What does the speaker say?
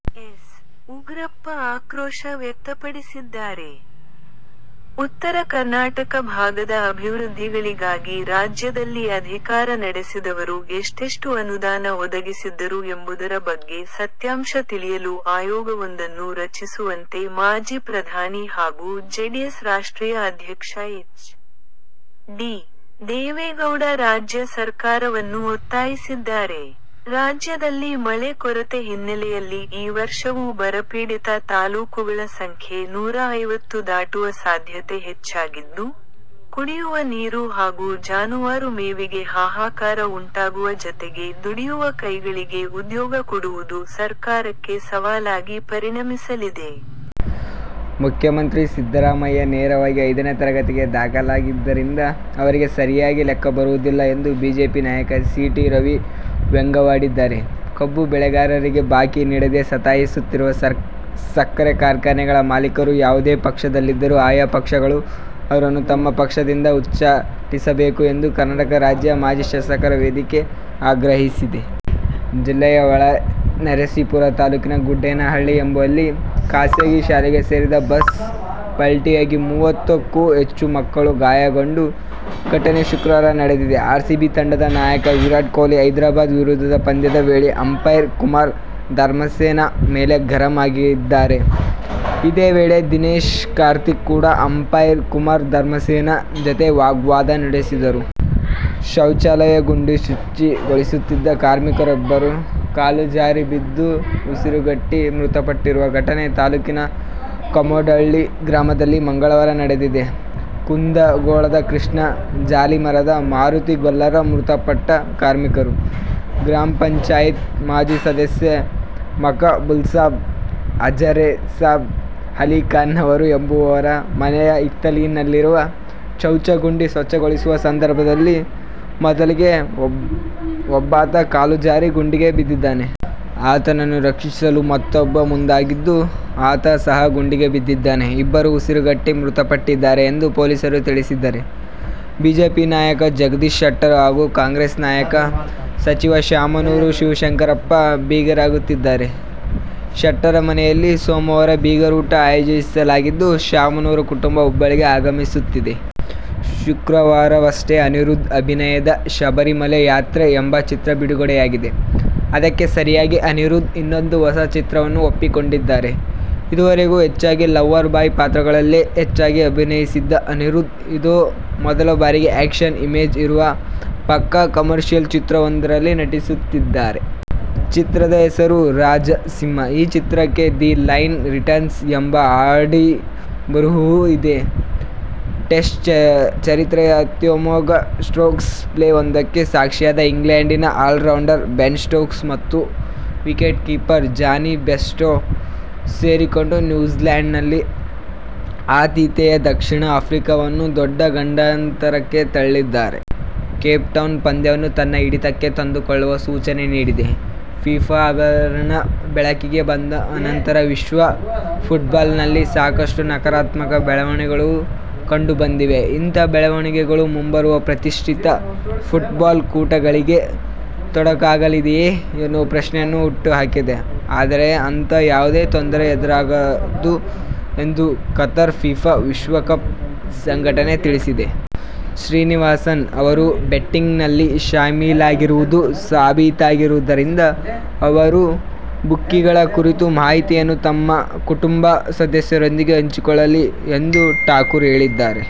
S. Ugrappa ಆಕ್ರೋಶ ವ್ಯಕ್ತಪಡಿಸಿದ್ದಾರೆ. ಉತ್ತರ ಕರ್ನಾಟಕ ಭಾಗದ ಅಭಿವೃದ್ಧಿಗಳಿಗಾಗಿ ರಾಜ್ಯದಲ್ಲಿ ಅಧಿಕಾರ ನಡೆಸಿದವರು ಎಷ್ಟೆಷ್ಟು ಅನುದಾನ ಒದಗಿಸಿದ್ದರು ಎಂಬುದರ ಬಗ್ಗೆ ಸತ್ಯಾಂಶ ತಿಳಿಯಲು ಆಯೋಗವೊಂದನ್ನು ರಚಿಸುವಂತೆ ಮಾಜಿ ಪ್ರಧಾನಿ ಹಾಗೂ ಜೆಡಿಎಸ್ ರಾಷ್ಟ್ರೀಯ ಅಧ್ಯಕ್ಷ ಎಚ್. ಡಿ. ದೇವೇಗೌಡ ರಾಜ್ಯ ಸರ್ಕಾರವನ್ನು ಒತ್ತಾಯಿಸಿದ್ದಾರೆ. ರಾಜ್ಯದಲ್ಲಿ ಮಳೆ ಕೊರತೆ ಹಿನ್ನೆಲೆಯಲ್ಲಿ ಈ ವರ್ಷವೂ ಬರಪೀಡಿತ ತಾಲೂಕುಗಳ ಸಂಖ್ಯೆ ನೂರಾ ಐವತ್ತು ದಾಟುವ ಸಾಧ್ಯತೆ ಹೆಚ್ಚಾಗಿದ್ದು, ಕುಡಿಯುವ ನೀರು ಹಾಗೂ ಜಾನುವಾರು ಮೇವಿಗೆ ಹಾಹಾಕಾರ ಉಂಟಾಗುವ ಜತೆಗೆ ದುಡಿಯುವ ಕೈಗಳಿಗೆ ಉದ್ಯೋಗ ಕೊಡುವುದು ಸರ್ಕಾರಕ್ಕೆ ಸವಾಲಾಗಿ ಪರಿಣಮಿಸಲಿದೆ. ಮುಖ್ಯಮಂತ್ರಿ ಸಿದ್ದರಾಮಯ್ಯ ನೇರವಾಗಿ ಐದನೇ ತರಗತಿಗೆ ದಾಖಲಾಗಿದ್ದರಿಂದ ಅವರಿಗೆ ಸರಿಯಾಗಿ ಲೆಕ್ಕಬರುವುದಿಲ್ಲ ಎಂದು ಬಿಜೆಪಿ ನಾಯಕ ಸಿ. ಟಿ. ರವಿ ವ್ಯಂಗ್ಯವಾಡಿದ್ದಾರೆ. ಕಬ್ಬು ಬೆಳೆಗಾರರಿಗೆ ಬಾಕಿ ನೀಡದೆ ಸತಾಯಿಸುತ್ತಿರುವ ಸಕ್ಕರೆ ಕಾರ್ಖಾನೆಗಳ ಮಾಲೀಕರು ಯಾವುದೇ ಪಕ್ಷದಲ್ಲಿದ್ದರೂ ಆಯಾ ಪಕ್ಷಗಳು ಅವರನ್ನು ತಮ್ಮ ಪಕ್ಷದಿಂದ ಉಚ್ಚಾಟಿಸಬೇಕು ಎಂದು ಕರ್ನಾಟಕ ರಾಜ್ಯ ಮಾಜಿ ಶಾಸಕರ ವೇದಿಕೆ ಆಗ್ರಹಿಸಿದೆ. ಜಿಲ್ಲೆಯ ಹೊಳೆನರಸಿಪುರ ತಾಲೂಕಿನ ಗುಡ್ಡೇನಹಳ್ಳಿ ಎಂಬಲ್ಲಿಖಾಸಗಿ ಶಾಲೆಗೆ ಸೇರಿದ ಬಸ್ ಪಲ್ಟಿಯಾಗಿ ಮುವತ್ತು ಕ್ಕೂ ಹೆಚ್ಚು ಮಕ್ಕಳು ಗಾಯಗೊಂಡ ಘಟನೆ ಶುಕ್ರವಾರ ನಡೆದಿದೆ. ಆರ್ಸಿಬಿ ತಂಡದ ನಾಯಕ ವಿರಾಟ್ ಕೊಹ್ಲಿ ಹೈದ್ರಾಬಾದ್ ವಿರುದ್ಧದ ಪಂದ್ಯದ ವೇಳೆ ಅಂಪೈರ್ ಕುಮಾರ ಧರ್ಮಸೇನಾ ಮೇಲೆ ಗರಂ ಆಗಿದ್ದಾರೆ. ಇದೇ ವೇಳೆ ದಿನೇಶ್ ಕಾರ್ತಿಕ್ ಕೂಡ ಅಂಪೈರ್ ಕುಮಾರ ಧರ್ಮಸೇನಾ ಜತೆ ವಾಗ್ವಾದ ನಡೆಸಿದರು. ಶೌಚಾಲಯ ಗುಂಡಿ ಶುಚಿಗೊಳಿಸುತ್ತಿದ್ದ ಕಾರ್ಮಿಕರಿಬ್ಬರು ಕಾಲುಜಾರಿ ಬಿದ್ದು ಉಸಿರುಗಟ್ಟಿ ಮೃತಪಟ್ಟಿರುವ ಘಟನೆ ತಾಲೂಕಿನ ಕಮಡೊಳ್ಳಿ ಗ್ರಾಮದಲ್ಲಿ ಮಂಗಳವಾರ ನಡೆದಿದೆ. ಕುಂದಗೋಳದ ಕೃಷ್ಣ ಜಾಲಿಮರದ, ಮಾರುತಿ ಗೊಲ್ಲರ ಮೃತಪಟ್ಟ ಕಾರ್ಮಿಕರು. ಗ್ರಾಪಂ ಮಾಜಿ ಸದಸ್ಯ ಮಕಬುಲ್ಸಾಬ ಹಜರೇಸಾಬ ಅಲ್ಲಿಖಾನವರ ಎಂಬುವರ ಮನೆಯ ಹಿತ್ತಲಿನಲ್ಲಿರುವ ಶೌಚ ಗುಂಡಿ ಸ್ವತ್ಛಗೊಳಿಸುವ ಸಂದರ್ಭದಲ್ಲಿ ಮೊದಲಿಗೆ ಒಬ್ಟಾತ ಕಾಲುಜಾರಿ ಗುಂಡಿಗೆ ಬಿದ್ದಿದ್ದಾನೆ. ಆತನನ್ನು ರಕ್ಷಿಸಲು ಮತ್ತೂಬ್ಬ ಮುಂದಾಗಿದ್ದು, ಆತ ಸಹ ಗುಂಡಿಗೆ ಬಿದ್ದಿದ್ದಾನೆ. ಇಬ್ಬರೂ ಉಸಿರುಗಟ್ಟಿ ಮೃತಪಟ್ಟಿದ್ದಾರೆ ಎಂದು ಪೊಲೀಸರು ತಿಳಿಸಿದ್ದಾರೆ. ಬಿಜೆಪಿ ನಾಯಕ ಜಗದೀಶ ಶೆಟ್ಟರ್ ಹಾಗೂ ಕಾಂಗ್ರೆಸ್ ನಾಯಕ, ಸಚಿವ ಶಾಮನೂರು ಶಿವಶಂಕರಪ್ಪ ಬೀಗರಾಗುತ್ತಿದ್ದಾರೆ. ಶೆಟ್ಟರ್ ಮನೆಯಲ್ಲಿ ಸೋಮವಾರ ಬೀಗರೂಟ ಆಯೋಜಿಸಲಾಗಿದ್ದು, ಶಾಮನೂರು ಕುಟುಂಬ ಹುಬ್ಬಳ್ಳಿಗೆ ಆಗಮಿಸುತ್ತಿದೆ. ಶುಕ್ರವಾರವಷ್ಟೇ ಅನಿರುದ್ಧ್ ಅಭಿನಯದ ಶಬರಿಮಲೆ ಯಾತ್ರೆ ಎಂಬ ಚಿತ್ರ ಬಿಡುಗಡೆಯಾಗಿದೆ. ಅದಕ್ಕೆ ಸರಿಯಾಗಿ ಅನಿರುದ್ಧ್ ಇನ್ನೊಂದು ಹೊಸ ಚಿತ್ರವನ್ನು ಒಪ್ಪಿಕೊಂಡಿದ್ದಾರೆ. ಇದುವರೆಗೂ ಹೆಚ್ಚಾಗಿ ಲವ್ವರ್ ಬಾಯ್ ಪಾತ್ರಗಳಲ್ಲೇ ಹೆಚ್ಚಾಗಿ ಅಭಿನಯಿಸಿದ್ದ ಅನಿರುದ್ಧ್, ಇದೋ ಮೊದಲ ಬಾರಿಗೆ ಆ್ಯಕ್ಷನ್ ಇಮೇಜ್ ಇರುವ ಪಕ್ಕಾ ಕಮರ್ಷಿಯಲ್ ಚಿತ್ರವೊಂದರಲ್ಲಿ ನಟಿಸುತ್ತಿದ್ದಾರೆ. ಚಿತ್ರದ ಹೆಸರು ರಾಜ ಸಿಂಹ. ಈ ಚಿತ್ರಕ್ಕೆ ದಿ ಲೈನ್ ರಿಟರ್ನ್ಸ್ ಎಂಬ ಅಡಿಬರಹವೂ ಇದೆ. ಟೆಸ್ಟ್ ಚರಿತ್ರೆಯ ಅತ್ಯಮೋಘ ಸ್ಟ್ರೋಕ್ಸ್ ಪ್ಲೇ ಒಂದಕ್ಕೆ ಸಾಕ್ಷಿಯಾದ ಇಂಗ್ಲೆಂಡಿನ ಆಲ್ರೌಂಡರ್ ಬೆನ್ ಸ್ಟೋಕ್ಸ್ ಮತ್ತು ವಿಕೆಟ್ ಕೀಪರ್ ಜಾನಿ ಬೇರ್ಸ್ಟೊ ಸೇರಿಕೊಂಡು ನ್ಯೂಲ್ಯಾಂಡ್ಸ್ ನಲ್ಲಿ ಆತಿಥೇಯ ದಕ್ಷಿಣ ಆಫ್ರಿಕಾವನ್ನು ದೊಡ್ಡ ಗಂಡಾಂತರಕ್ಕೆ ತಳ್ಳಿದ್ದಾರೆ. ಕೇಪ್ಟೌನ್ ಪಂದ್ಯವನ್ನೂ ತನ್ನ ಹಿಡಿತಕ್ಕೆ ತಂದುಕೊಳ್ಳುವ ಸೂಚನೆ ನೀಡಿದೆ. ಫಿಫಾ ಹಗರಣ ಬೆಳಕಿಗೆ ಬಂದ ಅನಂತರ ವಿಶ್ವ ಫುಟ್ಬಾಲ್ನಲ್ಲಿ ಸಾಕಷ್ಟು ನಕಾರಾತ್ಮಕ ಬೆಳವಣಿಗೆಗಳು ಕಂಡುಬಂದಿವೆ. ಇಂಥ ಬೆಳವಣಿಗೆಗಳು ಮುಂಬರುವ ಪ್ರತಿಷ್ಠಿತ ಫುಟ್ಬಾಲ್ ಕೂಟಗಳಿಗೆ ತೊಡಕಾಗಲಿದೆಯೇ ಎನ್ನುವ ಪ್ರಶ್ನೆಯನ್ನು ಹುಟ್ಟು ಹಾಕಿದೆ. ಆದರೆ ಅಂಥ ಯಾವುದೇ ತೊಂದರೆ ಎದುರಾಗದು ಎಂದು ಕತಾರ್ ಫಿಫಾ ವಿಶ್ವಕಪ್ ಸಂಘಟನೆ ತಿಳಿಸಿದೆ. ಶ್ರೀನಿವಾಸನ್ ಅವರು ಬೆಟ್ಟಿಂಗ್ನಲ್ಲಿ ಶಾಮೀಲಾಗಿರುವುದು ಸಾಬೀತಾಗಿರುವುದರಿಂದ ಅವರು ಬುಕ್ಕಿಗಳ ಕುರಿತ ಮಾಹಿತಿಯನ್ನು ತಮ್ಮ ಕುಟುಂಬ ಸದಸ್ಯರೊಂದಿಗೆ ಹಂಚಿಕೊಳ್ಳಲಿ ಎಂದು ಠಾಕೂರ್ ಹೇಳಿದ್ದಾರೆ.